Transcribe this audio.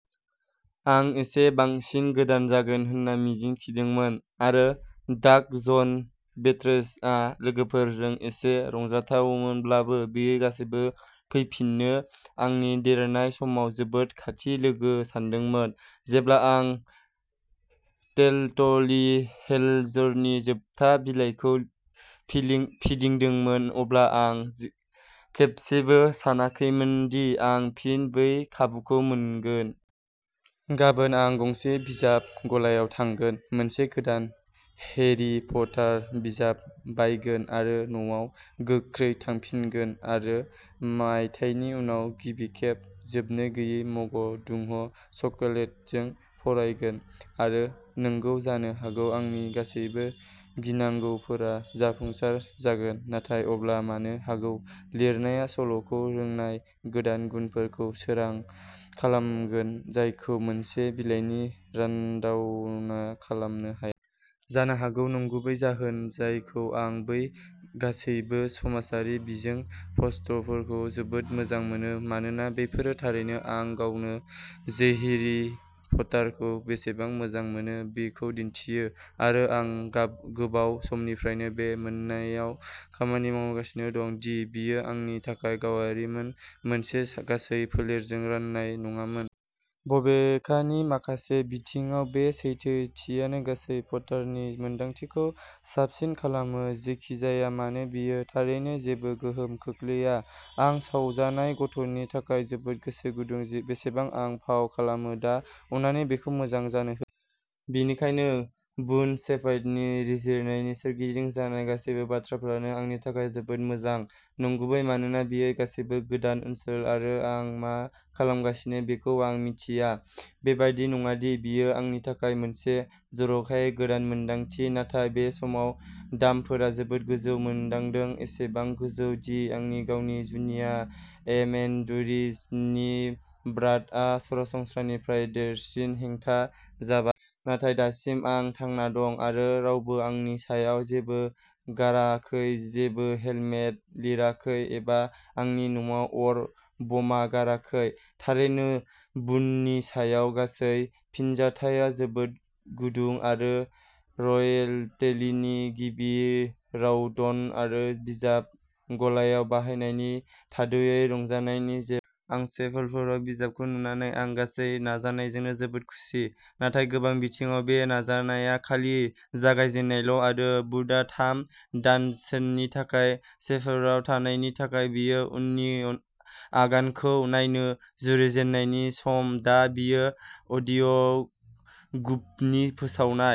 आं इसे बांसिन गोदान जागोन होनना मिजिं थिदोंमोन, आरो डार्क जन बिट्सआ लोगोफोरजों एसे रंजाथावमोनब्लाबो, बे गासैबो फैफिनो। आंनि देरनाय समाव जोबोद खाथि लोगो सानदोंमोन। जेब्ला आं डेथलि हेल'जनि जोबथा बिलाइखौ फिदिंदोंमोन, अब्ला आं खेबसेबो सानाखैमोन दि आं फिन बै खाबुखौ मोनगोन। गाबोन आं गंसे बिजाब गलायाव थांगोन, मोनसे गोदान हेरी पटार बिजाब बायगोन आरो न'आव गोख्रै थांफिनगोन आरो मायथाइनि उनाव गिबि खेब जोबनो गैयै मग गुदुं चकलेटजों फरायगोन। आरो नंगौ, जानो हागौ आंनि गासैबो गिनांगौफोरा जाफुंसार जागोन, नाथाय अब्ला जानो हागौ लिरजानाय सल'खौ रोंनाया गोदान गुनफोरखौ सोरां खालामगोन जायखौ मोनसे बिलाइनि रानडाउनआ खालामनो हाया। जानो हागौ। नंगुबै जाहोन जायखौ आं बै गासैबो समाजारि बिजों पस्टफोरखौ जोबोद मोजां मोना, मानोना बेफोर थारैनो आं गावनो हैरी पटारखौ बेसेबां मोजां मोनो बेखौ दिन्थियो, आरो आं गोबाव समनिफ्रायनो बे मोनामनायाव खामानि मावगासिनो दं दि बेयो आंनि थाखाय गावारिमोन, मोनसे गासै फोलेरजों रानजानाय नङामोन। बबेखानि माखासे बिथिङाव, बे सैथोथिया। गासै पटारनि मोन्दांथिखौ साबसिन खालामो। जेखि जाया मानो, बेयो थारैनो जेबो गोहोम खोख्लैया। आं सावजानाय गथ'नि थाखाय जोबोद गोसो गुदुं, जेसेबां आं फाव खालामो। दा अन्नानै बेखौ मोजां जानो हो। बेनिखायनो बुन शेपार्डनि रिलिजनि सोरगिदिं जानाय गासैबो बाथ्राफोरा आंनि थाखाय जोबोद मोजां, गुबैयै मानोना बेयो गासैबो गोदान ओनसोल आरो आं मा खालामगासिनो बेखौ आं मिन्थिया। बेबादि नङा दि बेयो आंनि थाखाय मोनसे जर'खायै गोदान मोनदांथि, नाथाय बे समाव दामफोरा जोबोद गोजौ मोनदांदों, एसेबां गोजौ दि आंनि गावनि जुनिया एमेचुरिज्मनि ब्रान्डआ सरासनस्रानिफ्राय देरसिन हेंथा जाबाय। नाथाय, दासिम आं थांना दं आरो रावबो आंनि सायाव जेबो गाराखै, जेबो हेटमेल लिराखै एबा आंनि न'आव अर बमा गाराखै। थारैनो, बुननि सायाव गासै फिनजाथाया जोबोद गुदुं, आरो रयेल्टीनि गिबि राउन्ड आरो बिजाब गलायाव हाबनायनि थाद'यै रंजानायनि गेजेराव। आरो शेल्फफोराव बिजाबखौ नुनानै आं गासै नाजानायजों जोबोद खुसि। नाथाय गोबां बिथिङाव बे नाजानाया खालि जागायजेन्नायल'आरो बुनआ थाम दानसोनि थाखाय शेल्फआव थानायनि थाखाय, बेयो उननि आगानखौ नायनो जुरिजेननायनि सम। दा बेयो अडिअ'बुकनि फोसावनाय।